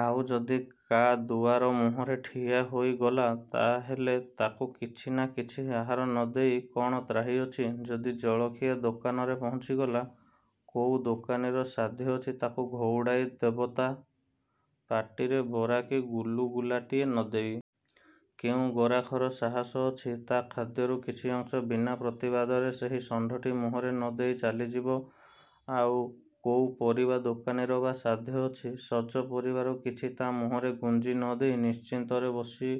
ଆଉ ଯଦି କା' ଦୁଆର ମୁହଁରେ ଠିଆ ହୋଇଗଲା ତା'ହେଲେ ତାକୁ କିଛି ନା କିଛି ଆହାର ନ ଦେଇ କ'ଣ ତ୍ରାହି ଅଛି? ଯଦି ଜଳଖିଆ ଦୋକାନରେ ପହଞ୍ଚି ଗଲା, କୋଉ ଦୋକାନୀର ସାଧ୍ୟ ଅଛି ତାକୁ ଘଉଡ଼ାଇ ଦେବ ତା'। ପାଟିରେ ବରା କି ଗୁଲୁଗୁଲାଟିଏ ନ ଦେଇ। କେଉଁ ଗରାଖର ସାହସ ଅଛି ତା' ଖାଦ୍ୟରୁ କିଛି ଅଂଶ ବିନା ପ୍ରତିବାଦରେ ସେଇ ଷଣ୍ଢଟି ମୁହଁରେ ନ ଦେଇ ଚାଲିଯିବ। ଆଉ କୋଉ ପରିବା ଦୋକାନୀର ବା ସାଧ୍ୟ ଅଛି ସଜ ପରିବାରୁ କିଛି ତା' ମୁହଁରେ ଗୁଞ୍ଜି ନ ଦେଇ ନିଶ୍ଚିନ୍ତରେ ବସି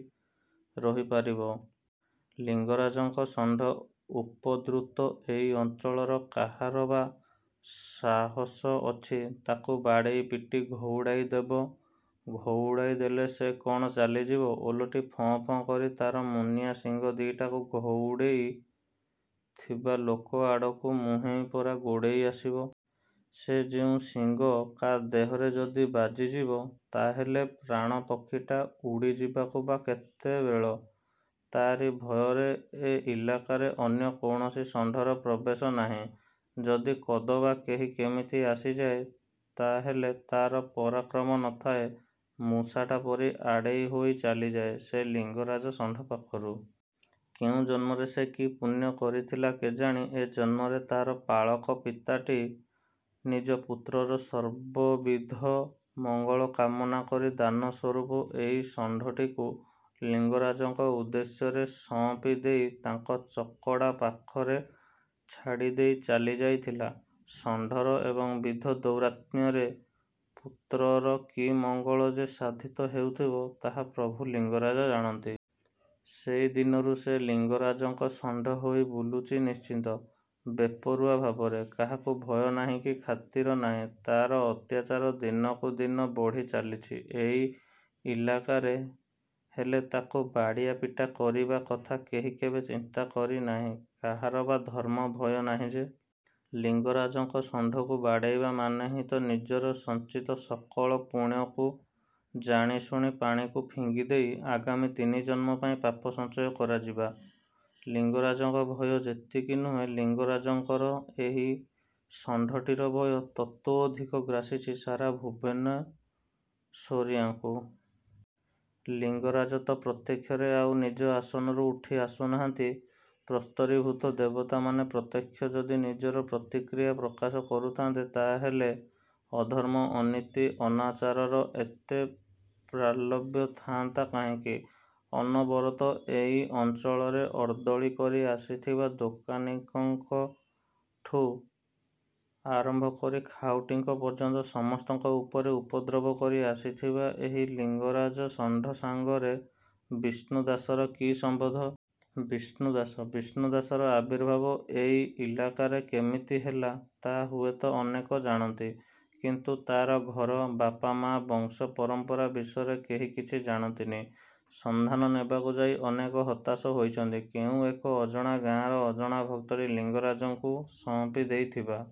ରହି ପାରିବ? -ଲିଙ୍ଗରାଜଙ୍କ ଷଣ୍ଢ ଉପଦ୍ରୁତ ଏଇ ଅଞ୍ଚଳର କାହାର ବା ସାହସ ଅଛି ତାକୁ ବାଡ଼େଇ ପିଟି ଘଉଡ଼ାଇ ଦେବ? ଘଉଡ଼ାଇ ଦେଲେ ସେ କ'ଣ ଚାଲିଯିବ? ଓଲଟି ଫଁ ଫଁ କରି ତା'ର ମୁନିଆ ଶିଙ୍ଗ ଦି'ଟାକୁ ଘଉଡ଼େଇ ଥିବା ଲୋକ ଆଡ଼କୁ ମୁହେଁଇ ପରା ଗୋଡ଼େଇ ଆସିବ! ସେ ଯେଉଁ ଶିଙ୍ଗ କା ଦେହରେ ଯଦି ବାଜିଯିବ ତା'ହେଲେ ପ୍ରାଣପକ୍ଷୀଟା ଉଡ଼ିଯିବାକୁ ବା କେତେବେଳ-? ତାରି ଭୟରେ ଏ ଇଲାକାରେ ଅନ୍ୟ କୌଣସି ଷଣ୍ଢର ପ୍ରବେଶ ନାହିଁ। ଯଦି କଦବା କେହି କେମିତି ଆସିଯାଏ, ତା'ହେଲେ ତା'ର ପରାକ୍ରମ ନଥାଏ, ମୂଷାଟା ପରି ଆଡ଼େଇ ହୋଇ ଚାଲିଯାଏ ସେ ଲିଙ୍ଗରାଜ ଷଣ୍ଢ ପାଖରୁ। କେଉଁ ଜନ୍ମରେ ସେ କି ପୁଣ୍ୟ କରିଥିଲା କେଜାଣି ଏ ଜନ୍ମରେ ତା'ର ପାଳକ ପିତାଟି ନିଜ ପୁତ୍ରର ସର୍ବବିଧ ମଙ୍ଗଳ କାମନା କରି ଦାନ ସ୍ୱରୂପ ଏଇ ଷଣ୍ଢଟିକୁ ଲିଙ୍ଗରାଜଙ୍କ ଉଦ୍ଦେଶ୍ୟରେ ସଅଁପି ଦେଇ ତାଙ୍କ ଚକଡ଼ା ପାଖରେ ଛାଡ଼ିଦେଇ ଚାଲି ଯାଇଥିଲା। ଷଣ୍ଢର ଏବଂବିଧ ଦୌରାତ୍ମ୍ୟରେ ପୁତ୍ରର କି ମଙ୍ଗଳ ଯେ ସାଧିତ ହେଉଥିବ ତାହା ପ୍ରଭୁ ଲିଙ୍ଗରାଜ ଜାଣନ୍ତି। ସେଇ ଦିନରୁ ସେ 'ଲିଙ୍ଗରାଜଙ୍କ ଷଣ୍ଢ' ହୋଇ ବୁଲୁଚି ନିଶ୍ଚିନ୍ତ, ବେପରୁଆ ଭାବରେ। କାହାକୁ ଭୟ ନାହିଁ କି ଖାତିର ନାହିଁ। ତା'ର ଅତ୍ୟାଚାର ଦିନକୁ ଦିନ ବଢ଼ିଚାଲିଛି ଏଇ ଇଲାକାରେ, ହେଲେ ତାକୁ ବାଡ଼ିଆପିଟା କରିବା କଥା କେହି କେବେ ଚିନ୍ତା କରିନାହିଁ। କାହାର ବା ଧର୍ମ ଭୟ ନାହିଁ ଯେ? ଲିଙ୍ଗରାଜଙ୍କ ଷଣ୍ଢକୁ ବାଡ଼େଇବା ମାନେ ହିଁ ତ ନିଜର ସଞ୍ଚିତ ସକଳ ପୁଣ୍ୟକୁ ଜାଣିଶୁଣି ପାଣିକୁ ଫିଙ୍ଗି ଦେଇ ଆଗାମୀ ତିନି ଜନ୍ମ ପାଇଁ ପାପ ସଞ୍ଚୟ କରାଯିବା। ଲିଙ୍ଗରାଜଙ୍କ ଭୟ ଯେତିକି ନୁହେଁ, ଲିଙ୍ଗରାଜଙ୍କର ଏଇ ଷଣ୍ଢଟିର ଭୟ ତତୋଽଧିକ ଗ୍ରାସିଛି ସାରା ଭୁବନେଶ୍ୱରିଆଙ୍କୁ। ଲିଙ୍ଗରାଜ ତ ପ୍ରତ୍ୟକ୍ଷରେ ଆଉ ନିଜ ଆସନରୁ ଉଠି ଆସୁ ନାହାନ୍ତି। ପ୍ରସ୍ତରୀଭୂତ ଦେବତାମାନେ ପ୍ରତ୍ୟକ୍ଷ ଯଦି ନିଜର ପ୍ରତିକ୍ରିୟା ପ୍ରକାଶ କରୁଥାନ୍ତେ ତା'ହେଲେ ଅଧର୍ମ, ଅନୀତି, ଅନାଚାରର ଏତେ ପ୍ରାବଲ୍ୟ ଥାନ୍ତା କାହିଁକି? ଅନବରତ ଏଇ ଅଞ୍ଚଳରେ ଅର୍ଦ୍ଦଳି କରି ଆସିଥିବା ଦୋକାନୀଙ୍କଠୁଁ ଆରମ୍ଭ କରି ଖାଉଟିଙ୍କ ପର୍ଯ୍ୟନ୍ତ ସମସ୍ତଙ୍କ ଉପରେ ଉପଦ୍ରବ କରି ଆସିଥିବା ଏଇ ଲିଙ୍ଗରାଜ ଷଣ୍ଢ ସାଙ୍ଗରେ ବିଷ୍ଣୁ ଦାସର କି ସମ୍ବନ୍ଧ? ବିଷ୍ଣୁ ଦାସ! ବିଷ୍ଣୁ ଦାସର ଆବିର୍ଭାବ ଏଇ ଇଲାକାରେ କିମିତି ହେଲା ତା' ହୁଏତ ଅନେକ ଜାଣନ୍ତି; କିନ୍ତୁ ତା'ର ଘର, ବାପା ମାଆ, ବଂଶ ପରମ୍ପରା ବିଷୟରେ କେହି କିଛି ଜାଣନ୍ତିନି। ସନ୍ଧାନ ନେବାକୁ ଯାଇ ଅନେକ ହତାଶ ହୋଇଛନ୍ତି। କେଉଁ ଏକ ଅଜଣା ଗାଆଁର ଅଜଣା ଭକ୍ତଟି ଲିଙ୍ଗରାଜଙ୍କୁ ସଅଁପି ଦେଇଥିବା